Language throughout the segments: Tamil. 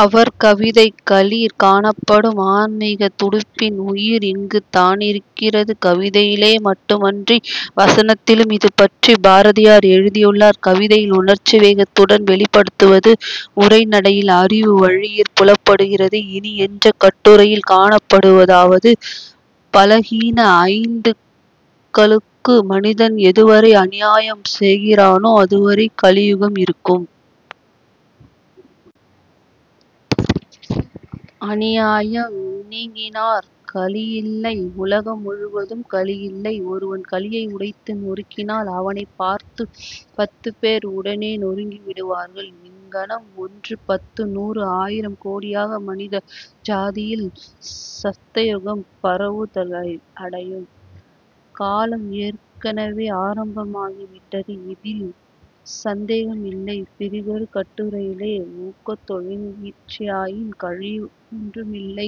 அவர் கவிதைகளிற் காணப்படும் ஆன்மீகத் துடிப்பின் உயிர் இங்குதானிருக்கிறது. கவிதையிலே மட்டுமன்றி வசனத்திலும் இதுபற்றிப் பாரதியார் எழுதியுள்ளார். கவிதையில் உணர்ச்சி வேகத்துடன் வௌிப்படுத்துவது உரை நடையில் அறிவு வழியிற் புலப்படுகிறது. இனி என்ற கட்டுரையில் காணப்படுவதாவது: "பலஹீன ஐந்துக்களுக்கு மனிதன் எதுவரை அநியாயம் செய்கிறானோ அதுவரை கலியுகம் இருக்கும். அநியாயம் நீங்கினாற் கலியில்லை; உலகம் முழுவதும் கலியில்லை- ஒருவன் கலியை உடைத்து நொறுக்கினால், அவனைப் பார்த்துப் பத்துப்பேர் உடனே நொறுக்கிவிடுவார்கள். இங்ஙனம் ஒன்று, பத்து, நூறு, ஆயிரம், கோடியாக; மனித ஜாதியில் ஸத்யயுகம் பரவுதலடையும் காலம் ஏற்கெனவே ஆரம்பமாகிவிட்டது. இதில் ஸந்தேகமில்லை" பிறிதொரு கட்டுரையிலே, "ஒக்கத் தொழுகிற்றிராயின், கலியுகம் ஒன்று மில்லை"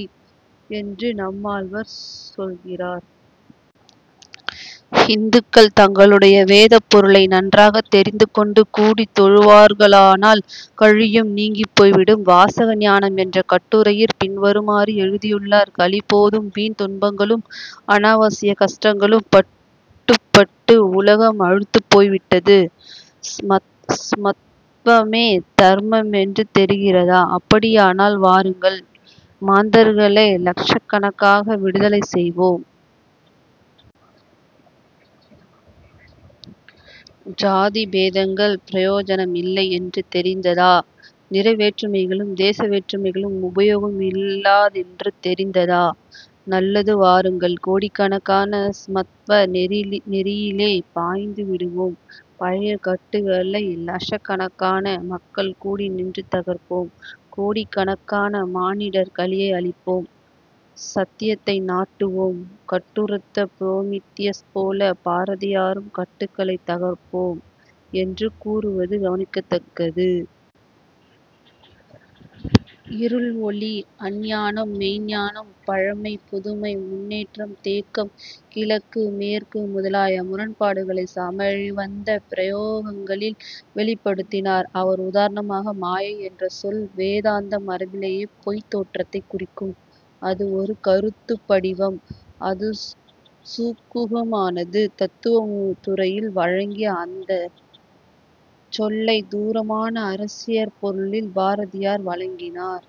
என்று நம்மாழ்வார் சொல்கிறார். ஹிந்துக்கள் தங்களுடைய வேதப் பொருளை நன்றாகத் தெரிந்துகொண்டு கூடித் தொழுவார்களானால், கலியும் நீங்கிப் போய்விடும். " வாசக ஞானம் என்ற கட்டுரையிற் பின்வருமாறு எழுதியுள்ளார்: "கலி போதும்; வீண் துன்பங்களும் அநாவசியக் கஷ்டங்களும் பட்டுப் பட்டு உலகம் அலுத்துப் போய்விட்டது- ஸமத்வமே தர்மமென்று தெரிகிறதா? அப்படியானால் வாருங்கள்: மாந்தர்களை லக்ஷக்கணக்காக விடுதலை செய்வோம். ஜாதி பேதங்கள் பிரயோஜனம் இல்லை என்று தெரிந்ததா? நிற வேற்றுமைகளும் தேச வேற்றுமைகளும் உபயோகம் இல்லாததென்று தெரிந்ததா? நல்லது வாருங்கள். கோடிக்கணக்காக, ஸமத்வ நெறியிலே பாய்ந்துவிடுவோம். பழைய கட்டுகளை லக்ஷக்கணக்கான மக்கள் கூடிநின்று தகர்ப்போம்:... கோடிக்காணக்கான மானிடர்... கலியை அழிப்போம். ஸத்யத்தை நாட்டுவோம்" கட்டறுத்த புரோமித்தியஸ் போல பாரதியாரும் "கட்டுக்களைத் தகர்ப்போம்" என்று கூறுவது கவனிக்கத்தக்கது. இருள்-ஒளி, அஞ்ஞானம் மெய்ஞ்ஞானம், பழமை-புதுமை, முன்னேற்றம்-தேக்கம், கிழக்கு-மேற்கு, முதலாய முரண்பாடுகளைச் சமய ழிவந்த பிரயோகங்களில் வௌிப்படுத்தினார் அவர். உதாரணமாக மாயை என்ற சொல் வேதாந்த மரபிலே பொய்த் தோற்றத்தைக் குறிக்கும்; அது ஒரு கருத்துப் படிவம்; அது சூக்குமமானது. தத்துவத் துறையில் வழங்கி வந்த அச் சொல்லைத் தூரமான அரசியற் பொருளில் பாரதியார் வழங்கினார்.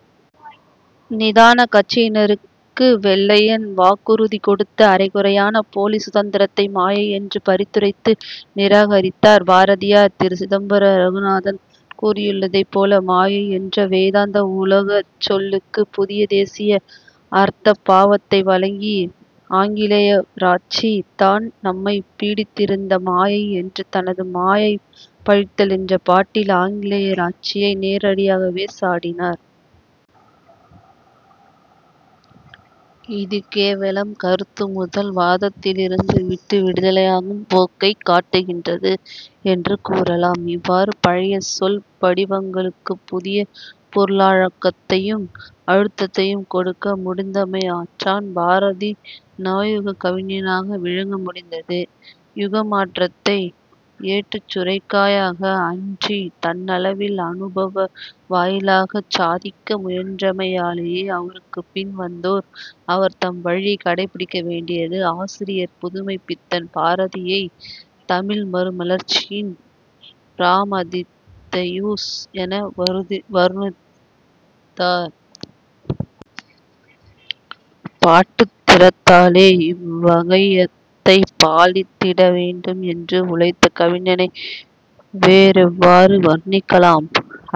நிதானக் கட்சியினருக்கு வெள்ளையன் வாக்குறுதி கொடுத்த அரைகுறையான போலிச் சுதந்தரத்தை மாயை என்று பரித்துரைத்து நிராகரித்தார் பாரதியார். திரு. சிதம்பர ரகுநாதன் கூறியுள்ளதைப் போல, "மாயை என்ற வேதாந்த உலகச் சொல்லுக்கு, புதிய தேசிய அர்த்த பாவத்தை வழங்கி, ஆங்கிலேயராட்சி தான் நம்மைப் பீடித்திருந்த மாயை" என்று தனது மாயையைப் பழித்தல் என்ற பாட்டில் ஆங்கிலேயராட்சியை நேரடியாகவே சாடினார். இது கேவலம் கருத்து முதல் வாதத்திலிருந்து விட்டு விடுதலையாகும் போக்கைக் காட்டுகின்றது என்று கூறலாம். இவ்வாறு பழைய சொல்வடிவங்களுக்குப் புதிய பொருளாழத்தையும் அழுத்தத்தையும் கொடுக்க முடிந்தமையாற்றான் பாரதி நவயுகக் கவிஞனாக விளங்க முடிந்தது. யுக மாற்றத்தை ஏட்டுச்சுரைக்காயாக அன்றித் தன்னளவில் அநுபவ வாயிலாகச் சாதிக்க முயன்றமையாலேயே அவருக்குப் பின் வந்தோர் அவர் தம் வழியைக் கடைப்பிடிக்க வேண்டியது ஆசிரியர் புதுமைப்பித்தன் பாரதியைத் "தமிழ் மறுமலர்ச்சியின் பிராமதித்தியூஸ்" என வருணித்தார். 'பாட்டுத் திறத்தாலே இவ்வகையத்தைப் பாலித்திட வேண்டும்' என்று உழைத்த கவிஞனை வேறெவ்வாறு வருணிக்கலாம்?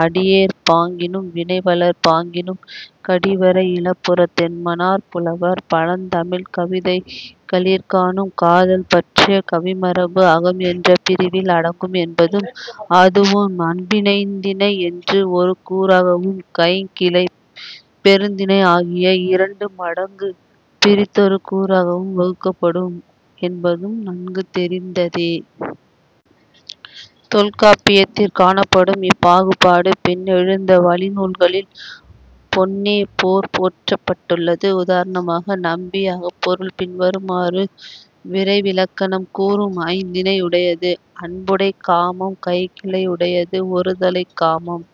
"அடியோர் பாங்கினும் வினைவலர் பாங்கினும் கடிவரை இலபுறத் தென்மனார்புலவர்" பழந் தமிழ்க் கவிதைகளிற் காணும் காதல் பற்றிய கவிமரபு அகம் என்ற பிரிவில் அடங்கும் என்பதும், அதுவும் அன்பினைந்திணை என்று ஒரு கூறாகவும் கைக்கிளை பெருந்திணை ஆகிய இரண்டு மடங்கும் பிறிதொரு கூறாகவும் வகுக்கப்படும் என்பதும் நன்கு தெரிந்ததே. தொல்காப்பியத்திற் காணப்படும் இப்பாகுபாடு பின்னெழுந்த வழிநூல்களில் பொன்னே போற் போற்றப்பட்டுள்ளது. உதாரணமாக, நம்பி அகப்பொருள் பின்வருமாறு விரைவிலக்கணம் கூறும்: "ஐந்திணை யுடையது அன்புடைக் காமம்" "கைக்கிளை யுடையது ஒருதலைக் காமம்"